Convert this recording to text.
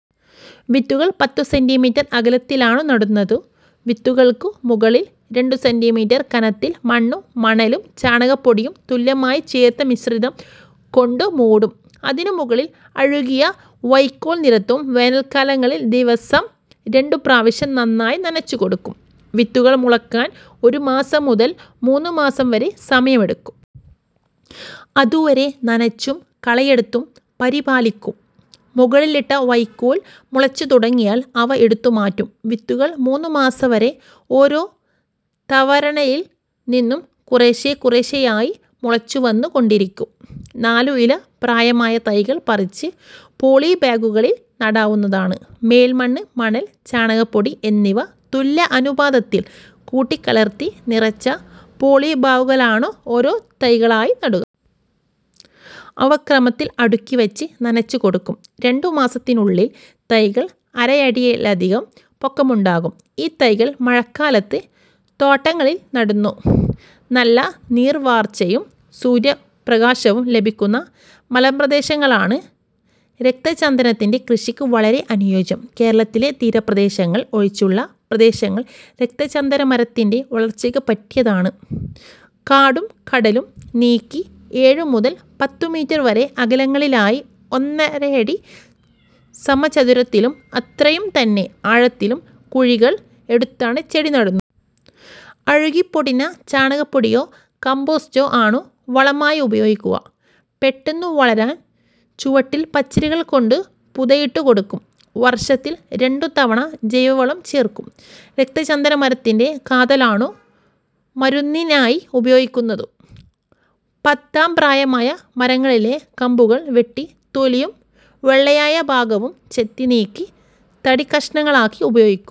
വിത്തുകൾ പത്തു സെന്റിമീറ്റർ അകലത്തിലാണു നടുന്നതു. വിത്തുകൾക്കു മുകളിൽ രണ്ടു സെന്റീമീറ്റർ കനത്തിൽ മണ്ണും മണലും ചാണകപ്പൊടിയും തുല്യമായി ചേർത്ത മിശ്രിതം കൊണ്ടു മൂടും. അതിനു മുകളിൽ അഴുകിയ വൈക്കോൽ നിരത്തും. വേനൽക്കാലങ്ങളിൽ ദിവസം രണ്ടു പ്രവശ്യം നന്നായി നനച്ചുകൊടുക്കും. വിത്തുകൾ മുളക്കാൻ ഒരുമാസം മുതൽ മൂന്നുമാസം വരെ സമയമെടുക്കും. അതുവരെ നനച്ചും കളയെടുത്തും പരിപാലിക്കും. മുകളിലിട്ട വൈക്കോൽ മുളച്ചുതുടങ്ങിയാൽ അവ എടുത്ത് മാറ്റും. വിത്തുകൾ മൂന്നു മാസവരെ ഓരോ തവരണയിൽ നിന്നും കുറേശേ കുറേശേയായി മുളച്ചു വന്നു കൊണ്ടിരിക്കും. നാലു ഇല പ്രായമായ തൈകൾ പറിച്ച് പോളീബാഗുകളിൽ നടാവുന്നതാണ്. മേൽമണ്ണ്, മണൽ, ചാണകപ്പൊടി എന്നിവ തുല്യ അനുപാതത്തിൽ കൂട്ടികലർത്തി നിറച്ച പൊളിബാഗുകലാണു ഒരോ തൈകളായി നടുക. അവ ക്രമത്തിൽ അടുക്കിവച്ച് നനച്ച് കൊടുക്കും. രണ്ടു മാസത്തിനുള്ളിൽ തൈകൾക്ക് അരയടിയിലധികം പൊക്കമുണ്ടാകും. ഈ തൈകൾ മഴക്കാലത്ത് തോട്ടങ്ങളിൽ നടുന്നു. നല്ല നീർവാർച്ചയും സൂര്യപ്രകാശവും ലഭിക്കുന്ന മലമ്പ്രദേശങ്ങളാണ് രക്തചന്ദനത്തിന്റെ കൃഷിക്ക് വളരെ അനുയോജ്യം. കേരളത്തിലെ തീരപ്രദേശങ്ങൾ ഒഴിച്ചുള്ള പ്രദേശങ്ങൾ രക്തചന്ദനമരത്തിന്റെ വളർച്ചയ്ക്ക് പറ്റിയതാണ്. കാടും കാടലും നീക്കി ഏഴു മുതൽ പത്തുമീറ്റർ വരെ അകലങ്ങളിലായി, ഒന്നരയടി സമചതുരത്തിലും അത്രയും തന്നെ ആഴത്തിലും കുഴികൾ എടുത്താണു ചെടി നടുന്ന്. അഴുകിപ്പൊടിഞ്ഞ ചാണകപ്പൊടിയോ കമ്പോസ്റ്റോ ആണു വളമായി ഉപയോഗിക്കുക. പെട്ടെന്നു് വളരാൻ ചുവട്ടിൽ പച്ചിലകൾ കൊണ്ടു പുതയിട്ടു കൊടുക്കും. വർഷത്തിൽ രണ്ടു തവണ ജൈവവളം ചേർക്കും. രക്തചന്ദനമരത്തിന്റെ കാതലാണു മരുന്നിനായി ഉപയോഗിക്കുന്നതു. പത്താം പ്രയമായ മരങ്ങളിലെ കമ്പുകൾ വെട്ടി തൊലിയും വെള്ളയായ ഭാഗവും ചെത്തി നീക്കി തടി കഷ്ണങ്ങളാക്കി ഉപയോഗിക്കും.